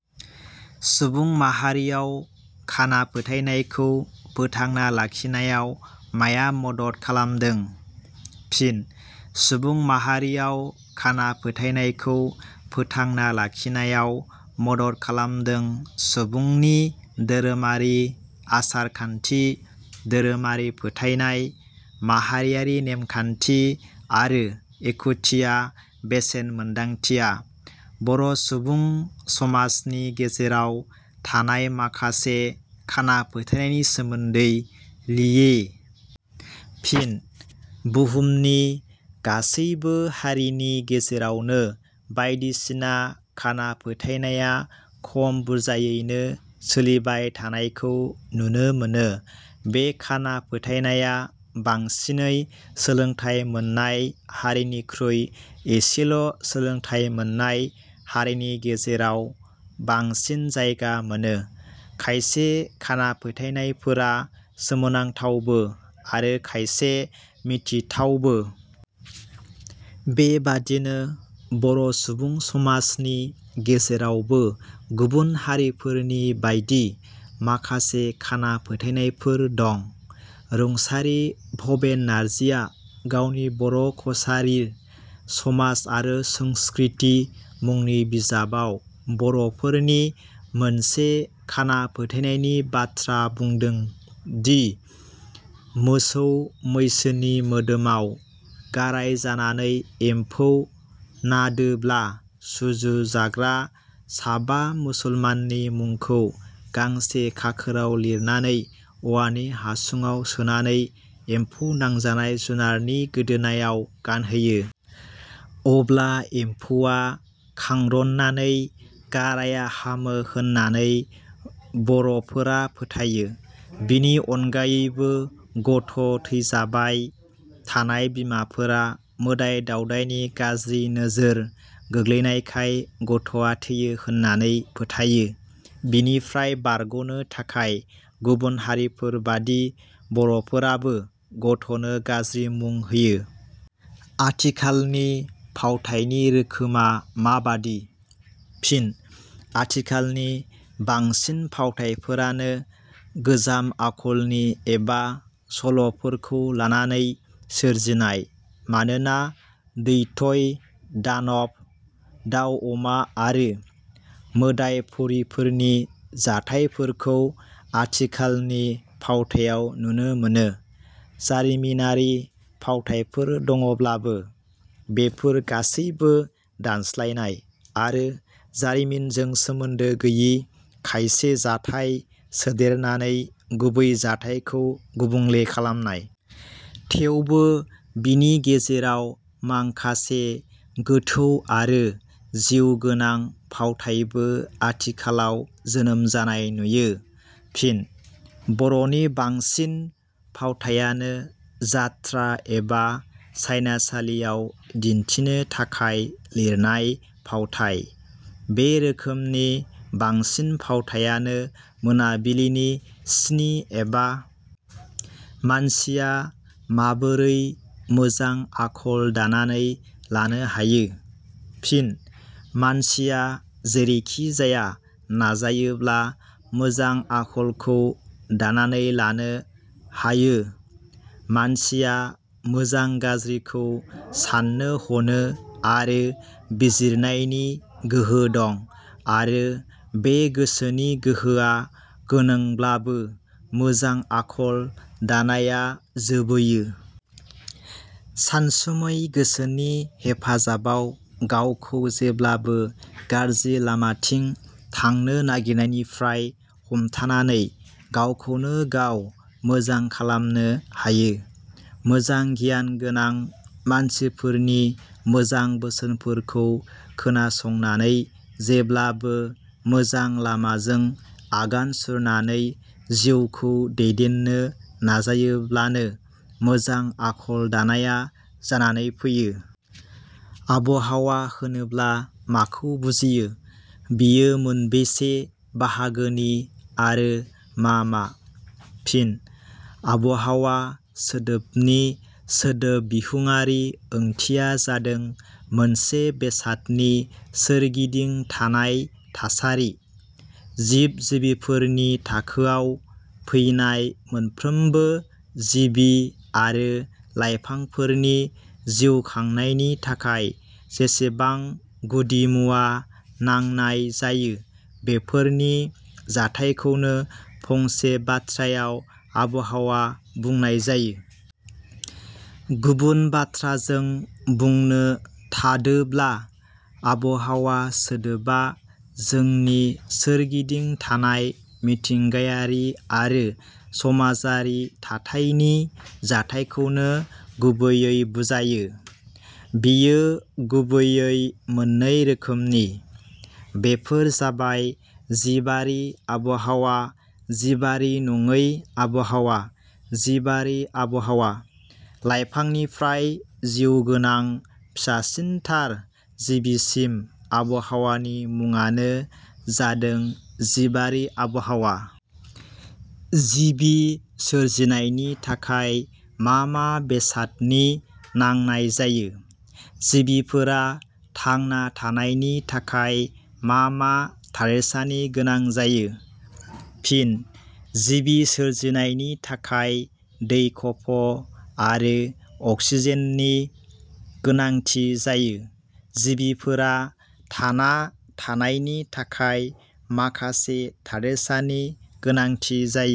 सुबुं माहारियाव खाना फोथायनायखौ फोथांना लाखिनायाव माया मदद खालामदों? फिन :- सुबुं माहारियाव खाना फोथायनायखौ फोथांना लाखिनायाव मदद खालामदों सुबुंनि धोरोमारि आसार-खान्थि, धोरोमारि फोथायनाय, माहारियारि नेमखान्थि आरो एखुथिया बेसेन मोन्दांथिया। बर' सुबुं समाजनि गेजेराव थानाय माखासे खाना फोथायनायनि सोमोन्दै लिए। फिन :- बुहुमनि गासैबो हारिनि गेजेरावनो बायदिसिना खाना फोथायनाया खम बुरजायैनो सोलिबाय थानायखौ नुनो मोनो। बे खाना फोथायनाया बांसिनै सोलोंथाइ मोन्नाय हारिनिखुइ एसेल' सोलोंथाइ मोननाय हारिनि गेजेराव बांसिन जायगा मोनो। खायसे खाना फोथायनायफोरा सोमोनांथावबो आरो खायसे मिथिथावबो। बे बायदिनो बर' सुबुं समाजनि गेजेरावबो गुबुन हारिफोरनि बायदि माखासे खाना फोथायनायफोर दं। रुंसारि भबेन नार्जीआ गावनि बर' कसारीर समाज आरु संस्कृति मुनि बिजाबआव बर 'फोरनि मोनसे खाना फोथायनायनि बाथ्रा बुंदों दि मोसौ-मैसोनि मोदोमआव गाराइ जानानै एम्फौ नाडोब्ला सुजाग्रा साबा मुसलमाननि मुंखौ गांसे खाखोरआव लिरनानै औवानि हासुंआव सोनानै एम्फौ नांजानाय जुनारनि गोदोनायाव गानहोयो। अब्ला एम्फौवा खांरनानै गाराइया हामो होन्नानै बर 'फोरा फोथायो। बिनि अनगायैबो गथ' थैजाबाय थानाय बिमाफोरा मोदाइ-दाउदाइनि गाज्रि नोजोर गोग्लैनायखाय गथ'आ थैयो होन्नानै फोथायो। बेनिफ्राय बारग 'नो थाखाय गुबुन हारिफोरबादि बर 'फोराबो गथ 'नो गाज्रि मुं होयो। आथिखालनि फावथाइनि रोखोमा माबादि? फिन: आथिखालनि बांसिन फावथाइफोरानो गोजाम आखलनि एबा सल 'फोरखौ लानानै सोरजिनाय। मानोना दैत्य-दानब, दाउ-अमा आरो मोदाइ परिफोरनि जाथाइफोरखौ आथिखालनि फावथाइयाव नुनो मोनो। जारिमिनारि फावथाइफोर दङब्लाबो बेफोर गासैबो दानस्लायनाय आरो जारिमिनजों सोमोन्दो गैयि खायसे जाथाय सोदेरनानै गुबै जाथाइखौ गुबुंले खालामनाय। थेवबो बेनि गेजेराव मांखासे गोथौ आरो जिउ गोनां फावथाइबो आथिखालआव जोनोम जानाय नुयो। फिन: बर 'नि बांसिन फावथाइयानो जात्रा एबा सायनासालियाव दिन्थिनो थाखाय लिरनाय फावथाइ। बे रोखोमनि बांसिन फावथाइयानो मोनाबिलिनि स्नि एबा। मानसिया माबोरै मोजां आखल दानानै लानो हायो? फिन :- मानसिया जेरैखि जाया नाजायोब्ला मोजां आखलखौ दानानै लानो हायों। मानसिया मोजां गाज्रिखौ साननो ह'नो आरो बिजिरनायनि गोहो दङ आरो बे गोसोनि गोहोआ गोनोंब्लाबो मोजां आखल दानाया जोबैयो। सानसुमै गोसोनि हेफाजाबआव गावखौ जेब्लाबो गाज्रि लामाथिं थांनो नायगिरिनायनिफ्राय हमथानानै गावखौनो गाव मोजां खालामनो हायो। मोजां गियान गोनां मानसिफोरनि मोजां बोसोनफोरखौ खोनासंनानै जेब्लाबो मोजां लामाजों आगान सुरनानै जिउखौ दैदेननो नाजायोब्लानो मोजां आखल 'दानाया जानानै फैयो। आबहावा होनोब्ला माखौ बुजियो? बेयो मोनबेसे बाहागोनि आरो मा मा? फिन: आबहावा सोदोबनि सोदोब बिहुंआरि ओंथिया जादों मोनसे बेसादनि सोरगिदिं थानाय थासारि। जिब-जिबिफोरनि थाखोआव फैनाय मोनफ्रोमबो जिबि आरो लाइफांफोरनि जिउ खांनायनि थाखाय जेसेबां गुदि मुवा नांनाय जायो बेफोरनि जाथायखौनो फंसे बाथ्रायाव आबहावा बुंनाय जायो। गुबुन बाथ्राजों बुंनो थाडोब्ला आबहावा सोदोबा जोंनि सोरगिदिं थानाय मिथिंगायारि आरो समाजारि थाथायनि जाथायखौनो गुबैयै बुजायो। बेयो गुबैयै मोननै रोखोमनि। बेफोर जाबाय- जिबारि आबहावा जिबारि नङि आबहावा जिबारि आबहावा: लाइफांनिफ्राय जिउगोनां फिसासिनथार जिबिसिम आबहावानि मुंआनो जादों जिबारि आबहावा। जिबि सोरजिनायनि थाखाय मा मा बेसादनि नांनाय जायो। जिबिफोरा थांना थानायनि थाखाय मा मा थादेरसानि गोनां जायो? फिन: जिबि सोरजिनायनि थाखाय दै खफ' आरो अक्सिजेननि गोनांथि जायो। जिबिफोरा थाना थानायनि थाखाय माखासे थादेरसानि गोनांथि जायो।